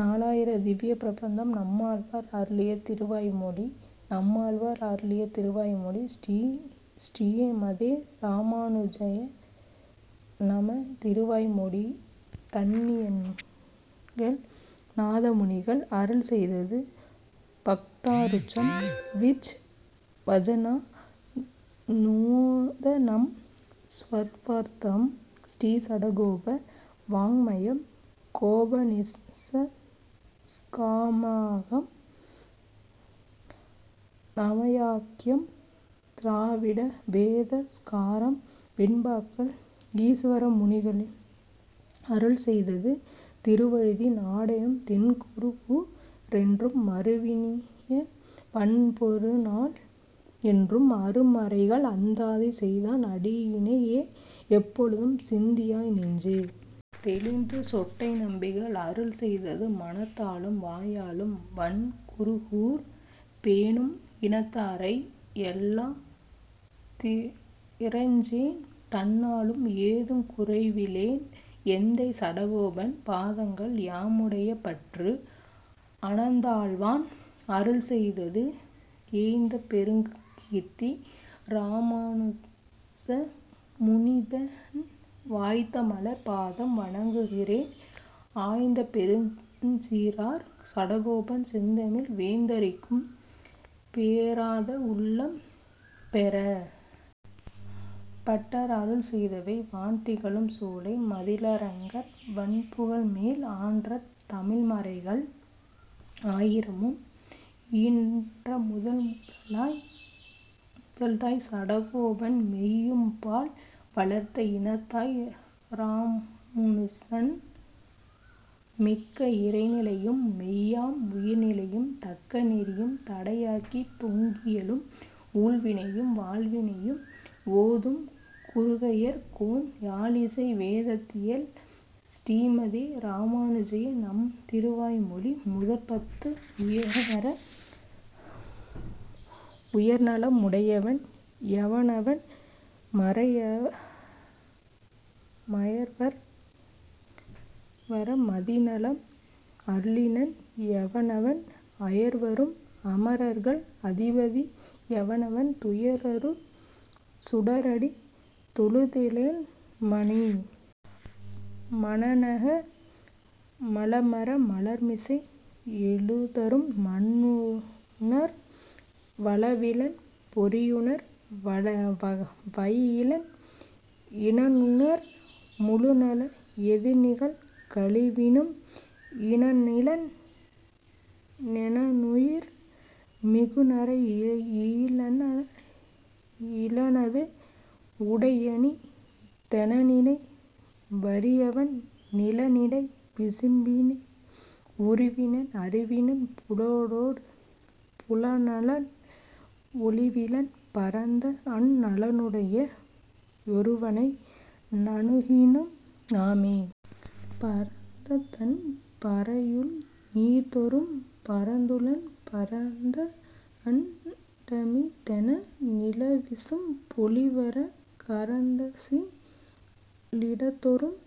நாலாயிரத் திவ்வியப்பிரபந்தம் நம்மாழ்வார் அருளிய திருவாய்மொழி நம்மாழ்வார் அருளிய திருவாய்மொழி ஸ்ரீ ஸ்ரீமதே ராமாநுஜய நம திருவாய்மொழித் தன்னியன்கள் நாதமுனிகள் அருள்ச்செய்தது பக்தாம்ருதம் விச் வஜநா நுமோதநம் ஸர்வார்த்தம் ஸ்ரீசடகோப வாங்க்மயம் கோபநிஷத்ஸமாகமம் நமாம்யஹம் த்ராவிட வேத ஸாகரம். வெண்பாக்கள் ஈச்வரமுனிகள் அருள்ச்செய்தது திருவழுதி நாடெனும் தென்குருகூ ரென்றும், மருவினிய வண்பொருநால் என்றும், அருமறைகள் அந்தாதி செய்தான் அடியிணையே எப்பொழுதும், சிந்தியாய் நெஞ்சே. தெளிந்து. சொட்டை நம்பிகள் அருள்ச்செய்தது மனத்தாலும் வாயாலும் வண்குருகூர் பேணும் இனத்தாரை யல்லா திறைஞ்சேன், தன்னாலும் ஏதுங் குறைவிலேன் எந்தை சடகோபன், பாதங்கள் யாமுடைய பற்று. அனந்தாழ்வான் அருள்ச்செய்த்து ஏய்ந்தபெருங் கீர்த்தி இராமானுசமுனிதன் வாய்ந்தமலர்ப் பாதம் வணங்குகின்றேன், ஆய்ந்தபெருஞ்ச் சீரார் சடகோபன் செந்தமிழ் வேந்தரிக்கும், பேராத வுள்ளம் பெற. பட்டர் அருள்ச்செய்தவை வான்திகழும் சோலை மதிளரங்கர் வண்புகழ்மேல் ஆன்ற தமிழ்மறைகள் ஆயிரமும், ஈன்ற முதல்தாய் சடகோபன், மெய்ம்பால் வளர்த்த இதத்தாய் இராமுனுசன். மிக்க இறைநிலையும் மெய்யாம் உயிர்நிலையும், தக்க நெறியும் தடையாகித் தொக்கியலும், ஊழ்வினையும் வாழ்வினையும் ஓதும் குருகையர்கோன், யாழிசை வேதத் தியல். ஸ்ரீமதே ராமாநுஜய நம திருவாய் மொழி முதற் பத்து உயர்வற வுயர்நலம் முடையவன் யவனவன் மயர்வற மதிநலம் அருளினன் யவனவன் அயர்வறும் அமரர்கள் அதிபதி யவனவன் துயரறு சுடரடி தொழுதெழென் மனேன்.. மனனக மலமற மலர்மிசை யெழுதரும் மன்னுணர் வளவிலன், பொறியுணர் வையிலன் இனனுணர், முழுநலம், எதிர்நிகழ் கழிவினும் இனனிலன், னெனனுயிர், மிகுநரை யிலனே.. இலனது வுடையனி தெனநினை வரியவன் நிலனிடை விசும்பிடை உருவினன் அருவினன் புலனொடு புலனலன், ஒழிவிலன், பரந்த அந் நலனுடை யொருவனை நணுகினம் நாமே.. பரந்ததண் பரவையுள்நீர்தொறும் பரந்துளன் பரந்தஅ ண் டமிதென நிலவிசும் பொழிவற கரந்தசி லிடந்தொறும்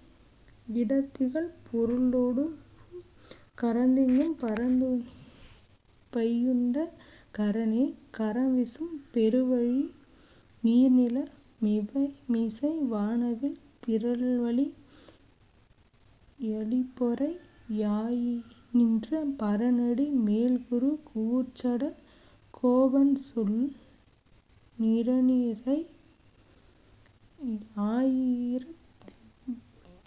இடந்திகழ் பொருடொறும் கரந்தெங்கும் பரந்துள னிவையுண்ட கரனே. கரவிசும் பெரிவளி நீர்நில மிவைமிசை வானவில் திறல்வலி யளிபொறை யாய்நின்ற பரனடி மேல்குரு கூர்ச்சட கோபன்சொல் நிரனிறை யாயிரத்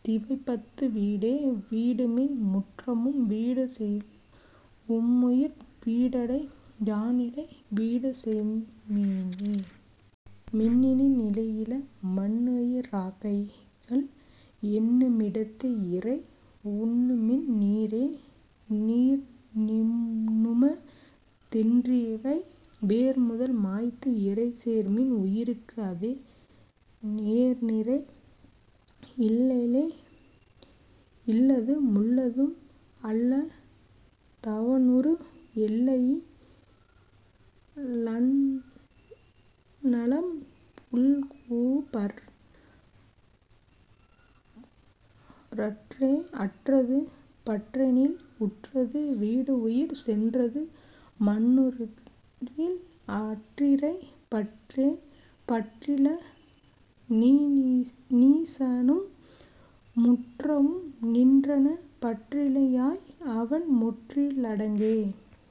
திவைபத்தும் வீடே. வீடுமின் முற்றவும்--வீடுசெய்து உம்முயிர் வீடடை யானிடை--வீடுசெய்ம்மினே.. மின்னின் நிலையில--மன்னுயி ராக்கைகள் என்னு மிடத்து இறை--உன்னுமின் நீரே.. நீர்நும தென்றிவை--வேர்முதல் மாய்த்து இறை சேர்மின் உயிர்க்கு அத--னேர்நிறை யில்லலே.. இல்லது முள்ளதும்--அல்ல தவனுரு எல்லையி லந்நலம்--புல்குபற் றற்றே.. அற்றது பற்றெனில்--உற்றது வீடுஉயிர் செற்றது மன்னுறில்--அற்றிறை பற்றே.. பற்றில னீசனும்--முற்றவும் நின்றனன் பற்றிலை யாய் அவன்--முற்றி லடங்கே..